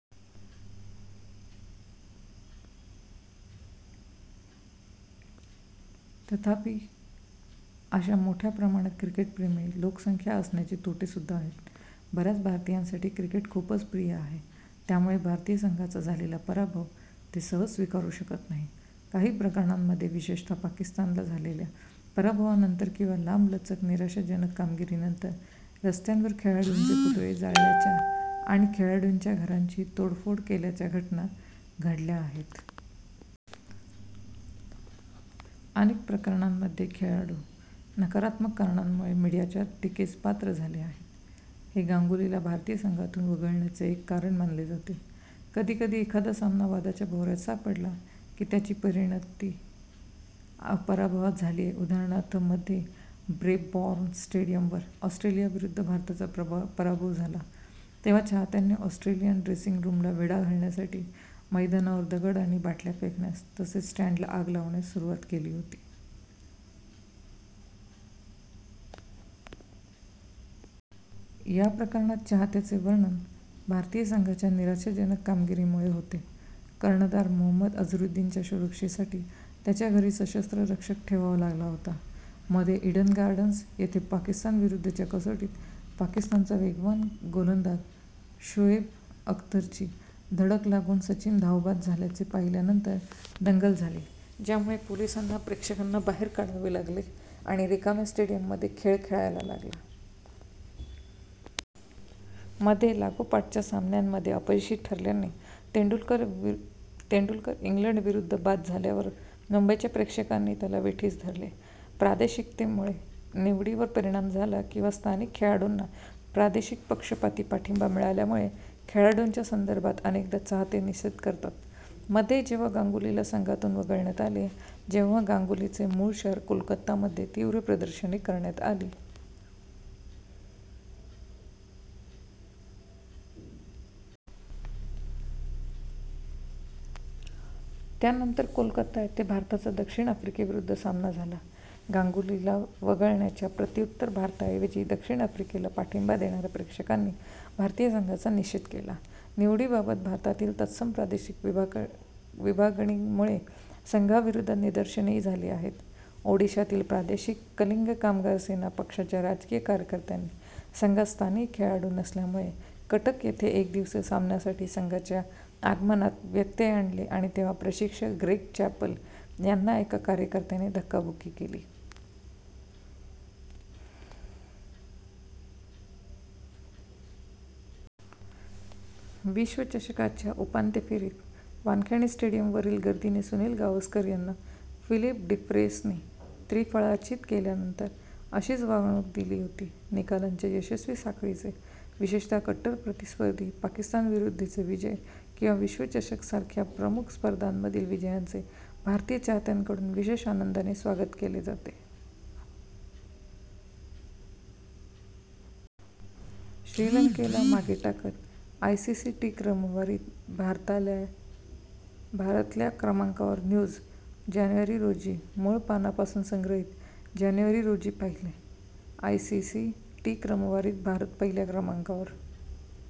तथापि, अशा मोठ्या प्रमाणात क्रिकेटप्रेमी लोकसंख्या असण्याचे तोटे सुद्धा आहेत. बऱ्याच भारतीयांसाठी क्रिकेट खूपच प्रिय आहे त्यामुळे भारतीय संघाचा झालेला पराभव ते सहज स्वीकारू शकत नाहीत. काही प्रकरणांमध्ये, विशेषतः पाकिस्तानला झालेल्या पराभवानंतर किंवा लांबलचक निराशाजनक कामगिरीनंतर, रस्त्यांवर खेळाडूंचे पुतळे जाळल्याच्या आणि खेळाडूंच्या घरांची तोडफोड केल्याच्या घटना घडल्या आहेत. अनेक प्रकरणांमध्ये, खेळाडू नकारात्मक कारणांमुळे मीडियाच्या टीकेस पात्र झाले आहेत, हे गांगुलीला भारतीय संघातून वगळण्याचे एक कारण मानले जाते. कधी कधी एखादा सामना वादाच्या भोवऱ्यात सापडला की त्याची परिणती पराभवात झाली आहे. उदाहरणार्थ, मध्ये ब्रेबॉर्न स्टेडियमवर ऑस्ट्रेलियाविरुद्ध भारताचा पराभव झाला तेव्हा चाहत्यांनी ऑस्ट्रेलियन ड्रेसिंग रूमला वेढा घालण्यापूर्वी मैदानावर दगड आणि बाटल्या फेकण्यास तसेच स्टँडला आग लावण्यास सुरुवात केली होती. या प्रकरणात, चाहत्यांचे वर्तन भारतीय संघाच्या निराशाजनक कामगिरीमुळे होते. कर्णधार मोहम्मद अझरुद्दीनच्या सुरक्षेसाठी त्याच्या घरी सशस्त्र रक्षक ठेवावा लागला होता. मध्ये, ईडन गार्डन्स येथे पाकिस्तान विरुद्धच्या कसोटीत पाकिस्तानचा वेगवान गोलंदाज शोएब अख्तरची धडक लागून सचिन धावबाद झाल्याचे पाहिल्यानंतर दंगल झाली, ज्यामुळे पोलिसांना प्रेक्षकांना बाहेर काढावे लागले आणि रिकाम्या स्टेडियममध्ये खेळ खेळायला लागला. मध्ये, लागोपाठच्या सामन्यांमध्ये अपयशी ठरल्याने तेंडुलकर वि तेंदुलकर इंग्लंडविरुद्ध बाद झाल्यावर मुंबईच्या प्रेक्षकांनी त्याला वेठीस धरले. प्रादेशिकतेमुळे निवडीवर परिणाम झाला किंवा स्थानिक खेळाडूंना प्रादेशिक पक्षपाती पाठिंबा मिळाल्यामुळे खेळाडूंच्या संदर्भात अनेकदा चाहते निषेध करतात. मध्ये, जेव्हा गांगुलीला संघातून वगळण्यात आले, तेव्हा गांगुलीचे मूळ शहर कोलकातामध्ये तीव्र प्रदर्शने करण्यात आली. त्यानंतर कोलकाता येथे भारताचा दक्षिण आफ्रिकेविरुद्ध सामना झाला. गांगुलीला वगळण्याच्या प्रत्युत्तरात भारताऐवजी दक्षिण आफ्रिकेला पाठिंबा देणाऱ्या प्रेक्षकांनी भारतीय संघाचा निषेध केला. निवडीबाबत भारतातील तत्सम प्रादेशिक विभागणी विभागणीमुळे संघाविरुद्ध निदर्शनेही झाली आहेत, ओडिशातील प्रादेशिक कलिंग कामगार सेना पक्षाच्या राजकीय कार्यकर्त्यांनी संघात स्थानिक खेळाडू नसल्यामुळे कटक येथे एकदिवसीय सामान्यासाठी संघाच्या आगमनात व्यत्यय आणले आणि तेव्हा प्रशिक्षक ग्रेग चॅपेल यांना एका कार्यकर्त्याने धक्काबुक्की केली. विश्वचषकाच्या उपांत्य फेरीत वानखेडे स्टेडियमवरील गर्दीने सुनील गावस्कर यांना फिलिप डिफ्रेटसने त्रिफळाचीत केल्यानंतर अशीच वागणूक दिली होती. निकालांच्या यशस्वी साखळीचे, विशेषतः कट्टर प्रतिस्पर्धी पाकिस्तानविरुद्धचे विजय किंवा विश्वचषक सारख्या प्रमुख स्पर्धांमधील विजयांचे भारतीय चाहत्यांकडून विशेष आनंदाने स्वागत केले जाते. ^ "श्रीलंकेला मागे टाकत आयसीसी टी क्रमवारीत भारताले भारत ल्या क्रमांकावर". न्यूज.. जानेवारी रोजी मूळ पानापासून संग्रहित. जानेवारी रोजी पाहिले. ^ "आयसीसी टी क्रमवारीत भारत पहिल्या क्रमांकावर".